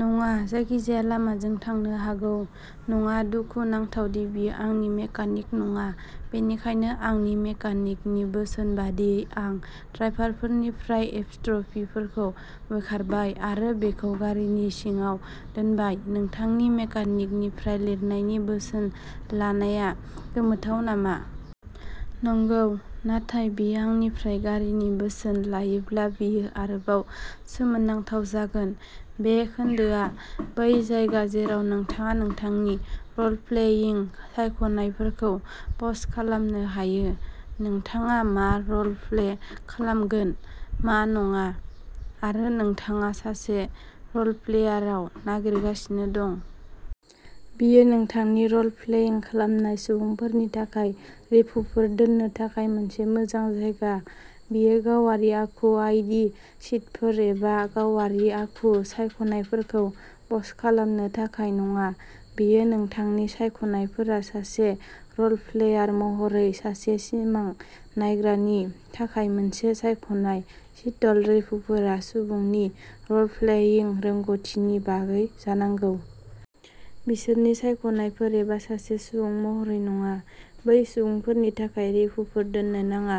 नङा। जायखिजाया लामाजों थांनो हागौ। नङा। दुखु नांथाव दि बियो आंनि मेकानिक नङा। बेनिखायनो आंनि मेकानिकनि बोसोन बायदियै आं ड्राइभारफोरनिफ्राय एपस्ट्र'फिफोरखौ बोखारबाय आरो बेखौ गारिनि सिङाव दोनबाय। नोंथांनि मेकानिकनिफ्राय लिरनायनि बोसोन लानाया गोमोथाव नामा? नंगौ। नाथाय बियो आंनिफ्राय गारिनि बोसोन लायोब्ला बेयो आरोबाव सोमोनांथाव जागोन। बे खोन्दोआ बै जायगा जेराव नोंथाङा नोंथांनि रलप्लेइं सायख'नायफोरखौ पस्ट खालामनो हायो। नोंथाङा मा रलप्ले खालामगोन? मा नङा। आरो नोंथाङा सासे रलप्लेयाराव नागिरगासिनो दं। बेयो नोंथांनि रलप्लेइं खालामनाय सुबुंफोरनि थाखाय रिफुफोर दोननो थाखाय मोनसे मोजां जायगा। बेयो गावारि आखु आइ. डि. शीटफोर एबा गावारि आखु सायख'नायफोरखौ पस्ट खालामनो थाखाय नङा। बेयो नोंथांनि सायख'नायफोरा सासे रलप्लेयार महरै सासे सिमां नायग्रानि थाखाय मोनसे सायख'नाय शीटल' रिभ्युफोरा सुबुंनि रलप्लेइं रोंग'थिनि बागै जानांगौ। बिसोरनि सायख'नायफोर एबा सासे सुबुं महरै नङा। बै सुबुंफोरनि थाखाय रिफुफोर दोननो नाङा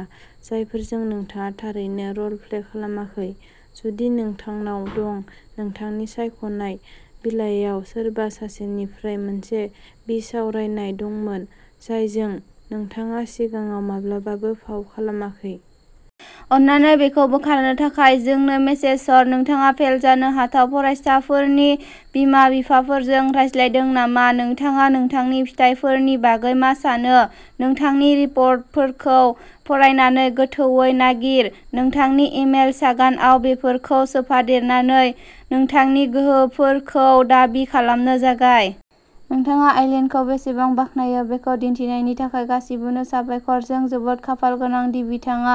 जायफोरजों नोंथाङा थारैनो रलप्ले खालामाखै। जुदि नोंथांनाव दं। नोंथांनि सायख'नाय बिलाइयाव सोरबा सासेनिफ्राय मोनसे बिसावरायनाय दंमोन जायजों नोंथाङा सिगाङाव माब्लाबाबो फाव खालामाखै। अननानै बेखौ बोखारनो थाखाय जोंनो मेसेज हर। नोंथाङा फेल जानो हाथाव फरायसाफोरनि बिमा-बिफाफोरजों रायज्लायदों नामा? नोंथाङा नोंथांनि फिथायफोरनि बागै मा सानो? नोंथांनि रिपर्टफोरखौ फरायनानै गोथौवै नागिर। नोंथांनि इमेल सागानआव बेफोरखौ सोफादेरनानै नोंथांनि गोहोफोरखौ दाबि खालामनो जागाय। नोंथाङा आइलीनखौ बेसेबां बाखनायो बेखौ दिन्थिनायनि थाखाय गासिबोनो साबायखर। जों जोबोद खाफालगोनां दि बिथाङा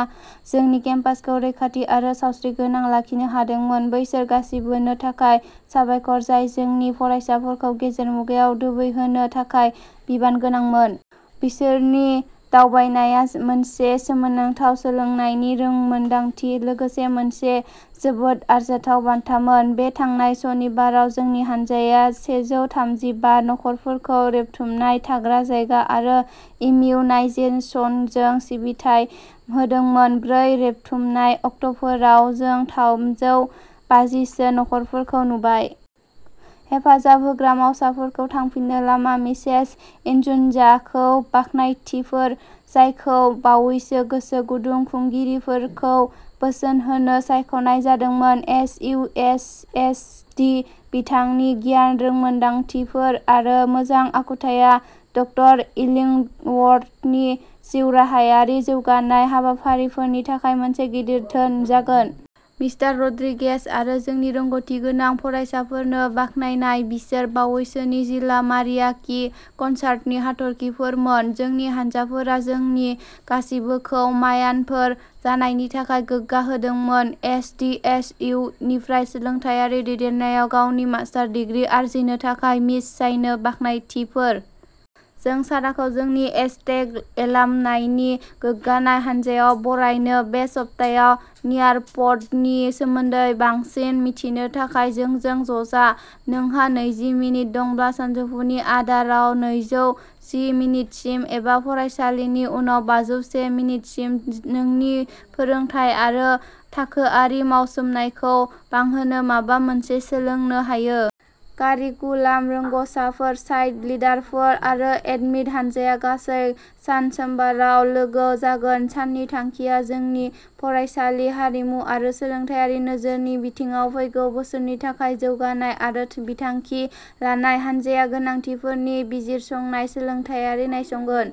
जोंनि केम्पासखौ रैखाथि आरो सावस्रिगोनां लाखिनो हादोंमोन। बैसोर गासिबोनो थाखाय साबायखर जाय जोंनि फरायसाफोरखौ गेजेर मुगायाव दोबैहोनो थाखाय बिबानगोनांमोन। बिसोरनि दावबायनाया मोनसे सोमोनांथाव सोलोंनायनि रोंमोनदांथि लोगोसे मोनसे जोबोद आरजाथाव बान्थामोन। बे थांनाय सनिबाराव जोंनि हानजाया सेजौ थामजि बा नखरफोरखौ रेबथुमनाय थाग्रा जायगा आरो इमिउ नायजेसनजों सिबिथाय होदोंमोन। ब्रै रेबथुमनाय अक्ट'फोराव जों थामजौ बाजि सो नखरफोरखौ नुबाय। हेफाजाब होग्रा मावसाफोरखौ थांफिननो लामा मिसेस इनजुनजाखौ बाखनायथिफोर। जायखौ बावैसो गोसो गुदुं खुंगिरिफोरखौ बोसोन होनो सायख'नाय जादोंमोन। S. U. H. S. D.. बिथांनि गियान रोंमोनदांथिफोर आरो मोजां आखुथाया डक्टर इलिंवर्थनि जिउराहायारि जौगानाय हाबाफारिफोरनि थाखाय मोनसे गिदिर धोन जागोन। मिस्टार रड्रिगेज आरो जोंनि रोंग'थिगोनां फरायसाफोरनो बाखनायनाय। बिसोर बावैसोनि जिल्ला मारियाकी कनसार्टनि हाथरखिफोरमोन। जोंनि हानजाफोरा जोंनि गासिबोखौ मायानफोर जानायनि थाखाय गोग्गा होदोंमोन। एस. डि. एस. इउ. निफ्राय सोलोंथायारि दैदेननायाव गावनि मास्टार डिग्री आरजिनो थाखाय मिस चाइनो बाखनायथिफोर। जों साराखौ जोंनि एजटेक एलामनाइनि गोग्गानाय हानजायाव बरायनो। बे सप्तायाव नियारप'डनि सोमोन्दै बांसिन मिथिनो थाखाय जोंजों ज'जा। नोंहा नैजि मिनिट दंब्ला सानजौफुनि आदाराव नैजौ जि मिनिटसिम एबा फरायसालिनि उनाव बाजौ से मिनिटसिम नोंनि फोरोंथाय आरो थाखोआरि मावसोमनायखौ बांहोनो माबा मोनसे सोलोंनो हायो। कारिकुलाम रोंग'साफोर साइट लिडारफोर आरो एडमिन हान्जाया गासै सान सोमबाराव लोगो जागोन। साननि थांखिया जोंनि फरायसालि हारिमु आरो सोलोंथायारि नोजोरनि बिथिङाव फैगौ बोसोरनि थाखाय जौगानाय आरो बिथांखि लानाय। हानजाया गोनांथिफोरनि बिजिरसंनाय सोलोंथायारि नायसंगोन।